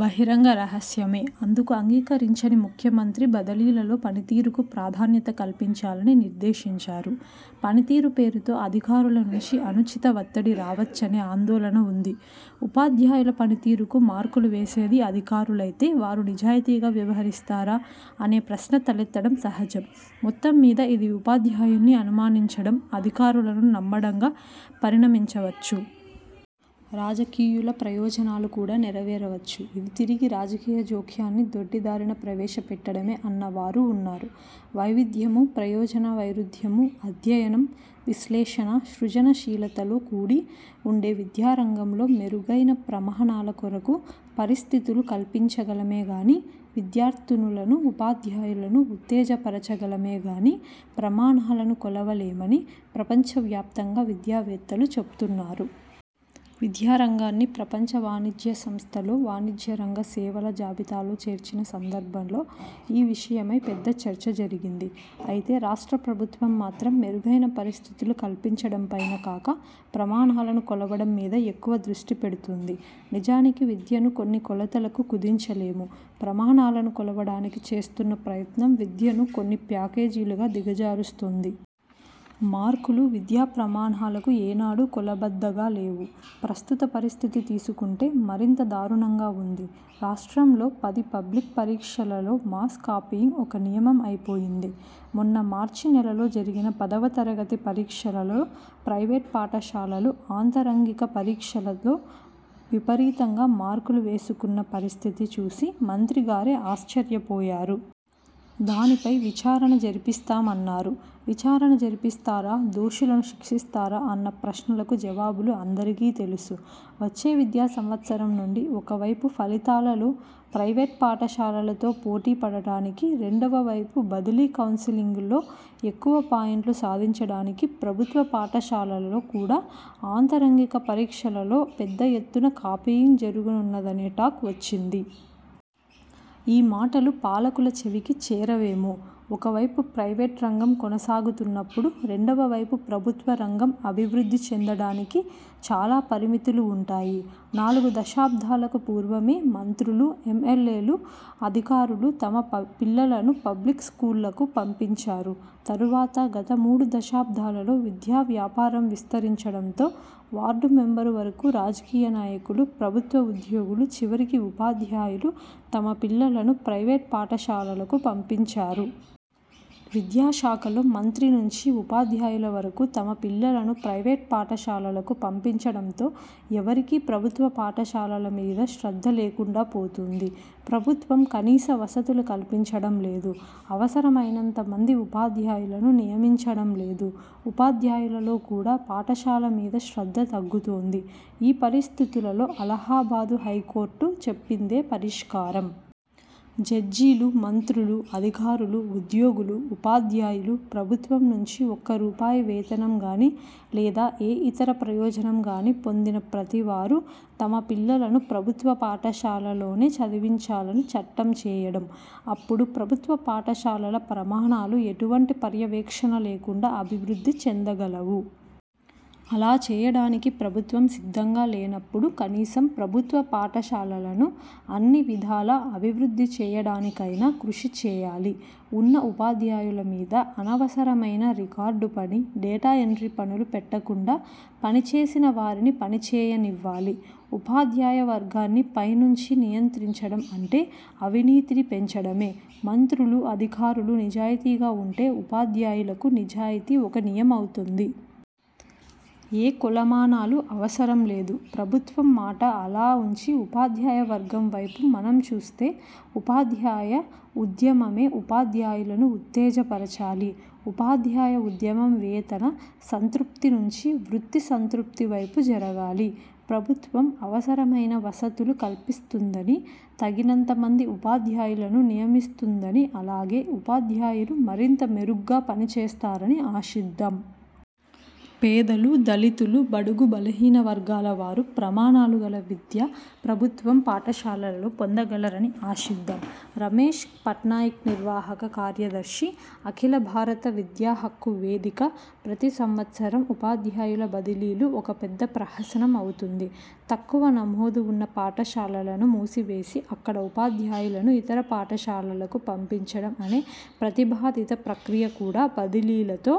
బహిరంగ రహస్యమే. అందుకు అంగీకరించని ముఖ్య మంత్రి బదిలీలలో పనితీరుకు ప్రాధాన్యత కల్పించాలని నిర్దేశించారు. పనితీరు పేరుతో అధికారుల నుంచి అనుచిత వత్తిడి రావచ్చనే ఆందోళన ఉంది. ఉపాధ్యాయుల పనితీరుకు మార్కులు వేసేది అధికారులైతే వారు నిజాయితీగా వ్యవహరిస్తారా అనే ప్రశ్న తలెత్తడం సహజం. మొత్తం మీద ఇది ఉపాధ్యాయుడ్ని అనుమానించడం, అధికారులను నమ్మడంగా పరిణమించవచ్చు. రాజకీయుల ప్రయోజనాలు కూడా నెరవేరవచ్చు. ఇది తిరిగి రాజకీయ జోక్యాన్ని దొడ్డిదారిన ప్రవేశపెట్టడమే అన్నవారూ ఉన్నారు. వైవిధ్యము, ప్రయోజన వైరుధ్యము, అధ్యయనం, విశ్లేషణ, సృజనశీలతలో కూడి ఉండే విద్యారంగంలో మెరుగైన ప్రమాణాల కొరకు పరిస్థితులు కల్పించగలమే గాని, విద్యార్థులను ఉపాధ్యాయులను ఉత్తేజ పరచగలమేగాని, ప్రమాణాలను కొలవలేమని ప్రపంచవ్యాప్తంగా విద్యావేత్తలు చెప్తున్నారు. విద్యారంగాన్ని ప్రపంచ వాణిజ్య సంస్థలో వాణిజ్యరంగ సేవల జాబితాలో చేర్చిన సందర్భలో ఈ విషయమై పెద్ద చర్చ జరిగింది. అయితే, రాష్ట్ర ప్రభుత్వం మాత్రం మెరుగైన పరిస్ధితులు కల్పించడంపైన కాక ప్రమాణాలను కొలవడం మీద ఎక్కువ దృష్టిపెడుతూంది. నిజానికి విద్యను కొన్ని కొలతలకు కుదించలేము. ప్రమాణాలను కొలవడానికి చేస్తూన్న ప్రయత్నం విద్యను కొన్ని ప్యాకేజీలుగా దిగజారుస్తూంది. మార్కులు విద్యా ప్రమాణాలకు ఏనాడూ కొలబద్దగా లేవు. ప్రస్తుత పరిస్థితి తీసుకుంటే మరింత దారుణంగా ఉంది. రాష్ట్రంలో పది పబ్లిక్ పరీక్షలలో మాస్ కాపీయింగ్ ఒక నియమం అయిపోయింది. మొన్న మార్చి నెలలో జరిగిన పదవ తరగతి పరీక్షలలో ప్రైవేట్ పాఠశాలలు ఆంతరంగిక పరీక్షలలో విపరీతంగా మార్కులు వేసుకున్న పరిస్థితి చూసి మంత్రిగారే ఆశ్చర్యపోయారు. దానిపై విచారణ జరిపిస్తామన్నారు. విచారణ జరిపిస్తారా, దోషులను శిక్షిస్తారా అన్న ప్రశ్నలకు జవాబులు అందరికీ తెలుసు. వచ్చే విద్యా సంవత్సరం నుండి ఒకవైపు ఫలితాలలో ప్రైవేట్ పాఠశాలలతో పోటీ పడడానికి, రెండవ వైపు బదిలీ కౌన్సిలింగ్లో ఎక్కువ పాయింట్లు సాధించడానికి ప్రభుత్వ పాఠశాలలలో కూడా ఆంతరంగిక పరీక్షలలో పెద్ద ఎత్తున కాపీయింగ్ జరుగనున్నదనే 'టాక్' వచ్చింది. ఈ మాటలు పాలకుల చెవికి చేరవేమో. ఒక వైపు ప్రైవేట్ రంగం కొనసాగుతున్నప్పుడు రెండవ వైపు ప్రభుత్వ రంగం అభివృద్ధి చెందడానికి చాలా పరిమితులు ఉంటాయి. నాలుగు దశాబ్దాలకు పూర్వమే మంత్రులు, యం. యల్. ఎలు, అధికారులు తమ పిల్లలను 'పబ్లిక్' స్కూళ్ళకు పంపించారు. తరువాత, గత మూడు దశాబ్దాలలో విద్యావ్యాపారం విస్తరించడంతో వార్డు మెంబర్ వరకు రాజకీయ నాయకులు, ప్రభుత్వ ఉద్యోగులు, చివరికి ఉపాధ్యాయులు తమ పిల్లలను ప్రైవేట్ పాఠశాలలకు పంపించారు. విద్యాశాఖలో మంత్రి నుంచి ఉపాధ్యాయుల వరకు తమ పిల్లలను ప్రైవేట్ పాఠశాలలకు పంపించడంతో ఎవరికీ ప్రభుత్వ పాఠశాలల మీద శ్రద్ధ లేకుండా పోతూంది. ప్రభుత్వం కనీస వసతులు కల్పించడం లేదు, అవసరమైనంతమంది ఉపాధ్యాయులను నియమించడంలేదు. ఉపాధ్యాయులలో కూడా పాఠశాల మీద శ్రద్ధ తగ్గుతూంది. ఈ పరిస్థితులలో అలహాబాదు హైకోర్టు చెప్పిందే పరిష్కారం. జడ్జీలు, మంత్రులు, అధికారులు, ఉద్యోగులు, ఉపాధ్యాయులు, ప్రభుత్వం నుంచి ఒక్క రూపాయి వేతనం గాని లేదా ఏ యితర ప్రయోజనంగాని పొందిన ప్రతివారు తమ పిల్లలను ప్రభుత్వ పాఠశాలలలోనే చదివించాలని చట్టం చేయడం. అప్పుడు ప్రభుత్వ పాఠశాలల ప్రమాణాలు ఎటువంటి పర్యవేక్షణ లేకుండా అభివృద్ధి చెందగలవు. అలా చేయడానికి ప్రభుత్వం సిద్ధంగా లేనప్పుడు, కనీసం ప్రభుత్వ పాఠశాలలను అన్ని విధాలా అభివృద్ధిచేయడానికైనా కృషిచేయాలి. ఉన్న ఉపాధ్యాయుల మీద అనవసరమైన రికార్డు పని, డేటా ఎంట్రీ పనులు పెట్టకుండా పనిచేసిన వారిని పనిచేయనివ్వాలి. ఉపాధ్యాయ వర్గాన్ని పైనుంచి నియంత్రించడం అంటే అవినీతిని పెంచడమే. మంత్రులు అధికారులు నిజాయితీగా ఉంటే ఉపాధ్యాయులకు నిజాయితీ ఒక నియమవుతుంది. ఏ కొలమానాలు అవసరంలేదు. ప్రభుత్వం మాట అలా ఉంచి ఉపాధ్యాయ వర్గం వైపు మనం చూస్తే ఉపాధ్యాయ ఉద్యమమే ఉపాధ్యాయులను ఉత్తేజపరచాలి. ఉపాధ్యాయ ఉద్యమం వేతన సంతృప్తి నుంచి వృత్తి సంతృప్తి వైపు జరగాలి. ప్రభుత్వం అవసరమైన వసతులు కల్పిస్తుందని, తగినంతమంది ఉపాధ్యాయులను నియమిస్తుందని అలాగే, ఉపాధ్యాయులు మరింత మెరుగ్గా పనిచేస్తారని ఆశిద్దాం. పేదలు, దళితులు, బడుగు బలహీన వర్గాలవారు ప్రమాణాలుగల విద్య ప్రభుత్వం పాఠశాలలలో పొందగలరని ఆశిద్దాం. రమేష్ పట్నాయిక్నిర్వాహక కార్యదర్శి, అఖిలభారత విద్యాహక్కు వేదిక ప్రతి సంవత్సరం ఉపాధ్యాయుల బదిలీలు ఒక పెద్ద ప్రహసనం అవుతుంది. తక్కువ నమోదు ఉన్న పాఠశాలలను మూసివేసి అక్కడ ఉపాధ్యాయులను ఇతర పాఠశాలలకు పంపించడం అనే ప్రతిపాదిత ప్రక్రియ కూడా బదిలీలతో